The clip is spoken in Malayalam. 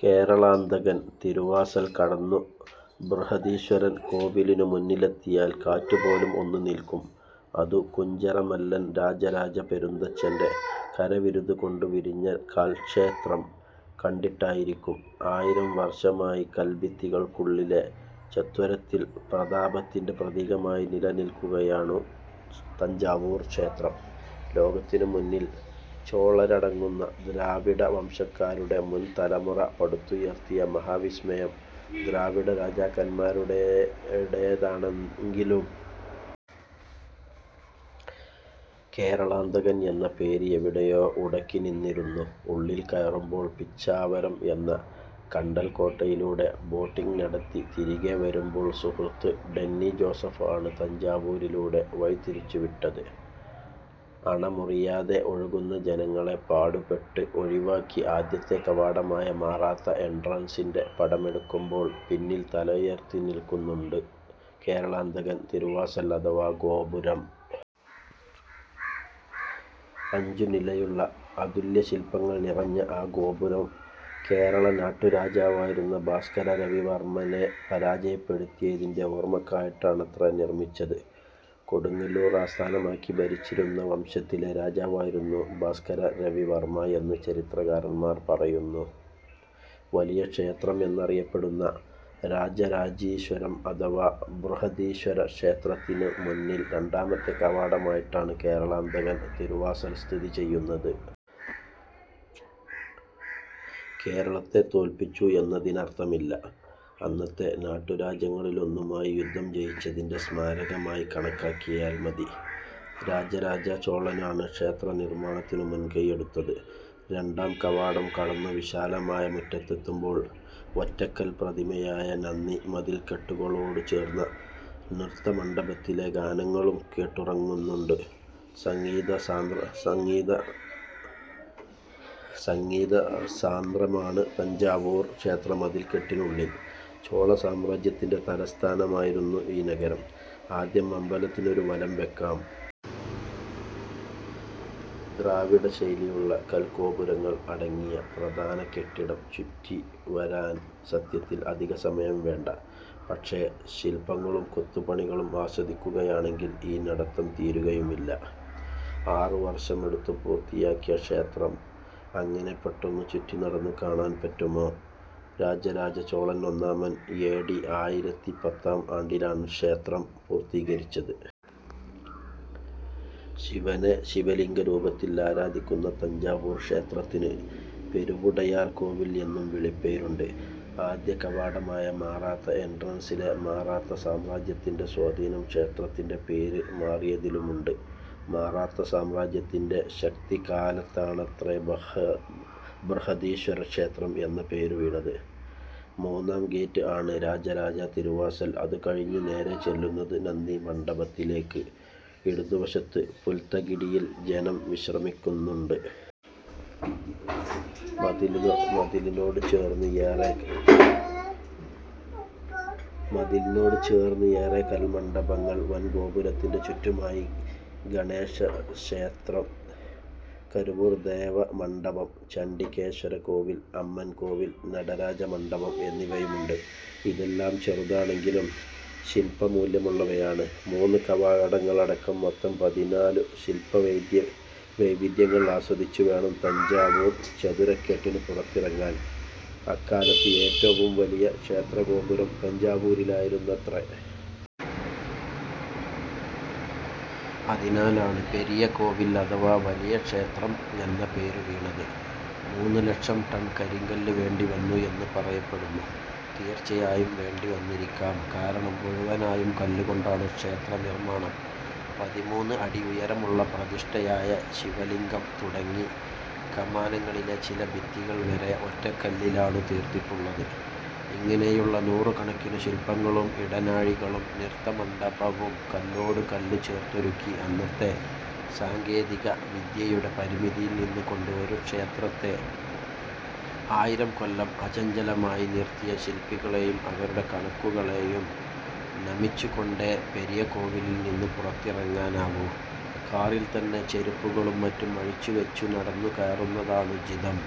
കേരളാന്തകൻ തിരുവാസൽ കടന്നു ബൃഹദീശ്വരൻ കോവിലിനു മുന്നിലെത്തിയാൽ കാറ്റുപോലും ഒന്നു നിൽക്കും. അതു കുഞ്ചരമല്ലൻ രാജരാജ പെരുന്തച്ചന്റെ കരവിരുതുകൊണ്ടു വിരിഞ്ഞ കൽക്ഷേത്രം കണ്ടിട്ടായിരിക്കും. ആയിരം വർഷമായി കൽഭിത്തികൾക്കുള്ളിലെ ചത്വരത്തിൽ പ്രതാപത്തിന്റെ പ്രതീകമായി നിലനിൽക്കുകയാണു തഞ്ചാവൂർ ക്ഷേത്രം. ലോകത്തിനു മുന്നിൽ ചോളരടങ്ങുന്ന ദ്രാവിഡവംശക്കാരുടെ മുൻതലമുറ പടുത്തുയർത്തിയ മഹാവിസ്മയം. ദ്രാവിഡരാജാക്കന്മാരുടേതാണെങ്കിലും കേരളാന്തകൻ എന്ന പേര് എവിടെയോ ഉടക്കിനിന്നിരുന്നു ഉള്ളിൽ കയറുമ്പോൾ. പിച്ചാവരം എന്ന കണ്ടൽകോട്ടയിലൂടെ ബോട്ടിങ് നടത്തി തിരികെവരുമ്പോൾ സുഹൃത്ത് ഡെന്നി ജോസഫ് ആണ് തഞ്ചാവൂരിലൂടെ വഴിതിരിച്ചുവിട്ടത്. അണമുറിയാതെ ഒഴുകുന്ന ജനങ്ങളെ പാടുപെട്ട് ഒഴിവാക്കി ആദ്യത്തെ കവാടമായ മറാത്ത എൻട്രൻസിന്റെ പടമെടുക്കുമ്പോൾ പിന്നിൽ തലയുയർത്തിനിൽക്കുന്നുണ്ട് കേരളാന്തകൻ തിരുവാസൽ അഥവാ ഗോപുരം. അഞ്ചുനിലയുള്ള, അതുല്യശിൽപങ്ങൾ നിറഞ്ഞ ആ ഗോപുരം കേരള നാട്ടുരാജാവായിരുന്ന ഭാസ്കര രവിവർമ്മനെ പരാജയപ്പെടുത്തിയതിന്റെ ഓർമയ്ക്കായിട്ടാണത്രേ നിർമിച്ചത്. കൊടുങ്ങല്ലൂർ ആസ്ഥാനമാക്കി ഭരിച്ചിരുന്ന വംശത്തിലെ രാജാവായിരുന്നു ഭാസ്കര രവിവർമ എന്ന് ചരിത്രകാരന്മാർ പറയുന്നു. വലിയ ക്ഷേത്രം എന്നറിയപ്പെടുന്ന രാജരാജീശ്വരം അഥവാ ബൃഹദീശ്വരക്ഷേത്രത്തിനു മുന്നിൽ രണ്ടാമത്തെ കവാടമായിട്ടാണ് കേരളാന്തകൻ തിരുവാസൽ സ്ഥിതി ചെയ്യുന്നത്. കേരളത്തെ തോൽപ്പിച്ചു എന്നതിനർഥമില്ല. അന്നത്തെ നാട്ടുരാജ്യങ്ങളിലൊന്നുമായി യുദ്ധം ജയിച്ചതിന്റെ സ്മാരകമായി കണക്കാക്കിയാൽ മതി. രാജരാജ ചോളനാണ് ക്ഷേത്രനിർമാണത്തിനു മുൻകൈയെടുത്തത്. രണ്ടാം കവാടം കടന്നു വിശാലമായ മുറ്റത്തെത്തുമ്പോൾ ഒറ്റക്കൽപ്രതിമയായ നന്ദി, മതിൽക്കെട്ടുകളോടു ചേർന്ന നൃത്തമണ്ഡപത്തിലെ ഗാനങ്ങളും കേട്ടുറങ്ങുന്നുണ്ട്. സംഗീതസാന്ദ്രമാണ് തഞ്ചാവൂർ ക്ഷേത്രമതിൽക്കെട്ടിനുള്ളിൽ. ചോളസാമ്രാജ്യത്തിന്റെ തലസ്ഥാനമായിരുന്നു ഈ നഗരം. ആദ്യം അമ്പലത്തിനൊരു വലംവയ്ക്കാം. ദ്രാവിഡശൈലിയുള്ള കൽഗോപുരങ്ങൾ അടങ്ങിയ പ്രധാന കെട്ടിടം ചുറ്റിവരാൻ സത്യത്തിൽ അധികസമയം വേണ്ട. പക്ഷേ, ശിൽപങ്ങളും കൊത്തുപണികളും ആസ്വദിക്കുകയാണെങ്കിൽ ഈ നടത്തം തീരുകയുമില്ല. ആറുവർഷമെടുത്തു പൂർത്തിയാക്കിയ ക്ഷേത്രം അങ്ങനെ പെട്ടെന്നു ചുറ്റിനടന്നു കാണാൻ പറ്റുമോ? രാജരാജ ചോളൻ ഒന്നാമൻ എ ഡി ആയിരത്തി പത്താം ആണ്ടിലാണ് ക്ഷേത്രം പൂർത്തീകരിച്ചത്. ശിവനെ ശിവലിംഗരൂപത്തിൽ ആരാധിക്കുന്ന തഞ്ചാവൂർ ക്ഷേത്രത്തിന് പെരുവുടയാർ കോവിൽ എന്നും വിളിപ്പേരുണ്ട്. ആദ്യകവാടമായ മറാത്ത എൻട്രൻസിലെ മറാത്താ സാമ്രാജ്യത്തിന്റെ സ്വാധീനം ക്ഷേത്രത്തിന്റെ പേര് മാറിയതിലുമുണ്ട്. മറാത്താ സാമ്രാജ്യത്തിന്റെ ശക്തികാലത്താണത്രേ ബൃഹദീശ്വര ക്ഷേത്രം എന്ന പേരുവീണത്. മൂന്നാം ഗേറ്റ് ആണ് രാജരാജ തിരുവാസൽ. അതുകഴിഞ്ഞു നേരെച്ചെല്ലുന്നത് നന്ദിമണ്ഡപത്തിലേക്ക്. ഇടതുവശത്ത് പുൽത്തകിടിയിൽ ജനം വിശ്രമിക്കുന്നുണ്ട്. മതിലിനോടു ചേർന്ന് ഏറെ കൽമണ്ഡപങ്ങൾ. വൻഗോപുരത്തിനു ചുറ്റുമായി ഗണേശക്ഷേത്രം, കരുവൂർ ദേവ മണ്ഡപം, ചണ്ഡികേശ്വര കോവിൽ, അമ്മൻ കോവിൽ, നടരാജ മണ്ഡപം എന്നിവയുണ്ട്. ഇതെല്ലാം ചെറുതാണെങ്കിലും ശിൽപ്പമൂല്യമുള്ളവയാണ്. മൂന്നു കവാടങ്ങളടക്കം മൊത്തം പതിനാലു ശിൽപവൈവിധ്യങ്ങൾ ആസ്വദിച്ചുവേണം തഞ്ചാവൂർ ചതുരക്കെട്ടിനു പുറത്തിറങ്ങാൻ. അക്കാലത്ത് ഏറ്റവും വലിയ ക്ഷേത്രഗോപുരം തഞ്ചാവൂരിലായിരുന്നത്രേ. അതിനാലാണ് പെരിയകോവിൽ അഥവാ വലിയ ക്ഷേത്രം എന്ന പേരുവീണത്. മൂന്ന് ലക്ഷം ടൺ കരിങ്കല്ല് വേണ്ടിവന്നു എന്ന് പറയപ്പെടുന്നു. തീർച്ചയായും വേണ്ടിവന്നിരിക്കാം. കാരണം മുഴുവനായും കല്ലുകൊണ്ടാണ് ക്ഷേത്രനിർമാണം. പതിമൂന്ന് അടി ഉയരമുള്ള പ്രതിഷ്ഠയായ ശിവലിംഗം തുടങ്ങി കമാനങ്ങളിലെ ചില ഭിത്തികൾവരെ ഒറ്റക്കല്ലിലാണു തീർത്തിട്ടുള്ളത്. ഇങ്ങനെയുള്ള നൂറുകണക്കിനു ശിൽപ്പങ്ങളും ഇടനാഴികളും നൃത്തമണ്ഡപവും കല്ലോടുകല്ല് ചേർത്തൊരുക്കി, അന്നത്തെ സാങ്കേതികവിദ്യയുടെ പരിമിതിയിൽനിന്നുകൊണ്ട് ഒരു കൽക്ഷേത്രത്തെ ആയിരംകൊല്ലം അചഞ്ചലമായി നിർത്തിയ ശിൽപ്പികളെയും അവരുടെ കണക്കുകളെയും നമിച്ചുകൊണ്ടേ പെരിയകോവിലിൽനിന്നു പുറത്തിറങ്ങാനാകൂ. കാറിൽത്തന്നെ ചെരുപ്പുകളും മറ്റും അഴിച്ചുവച്ചു നടന്നു കയറുന്നതാണുചിതം.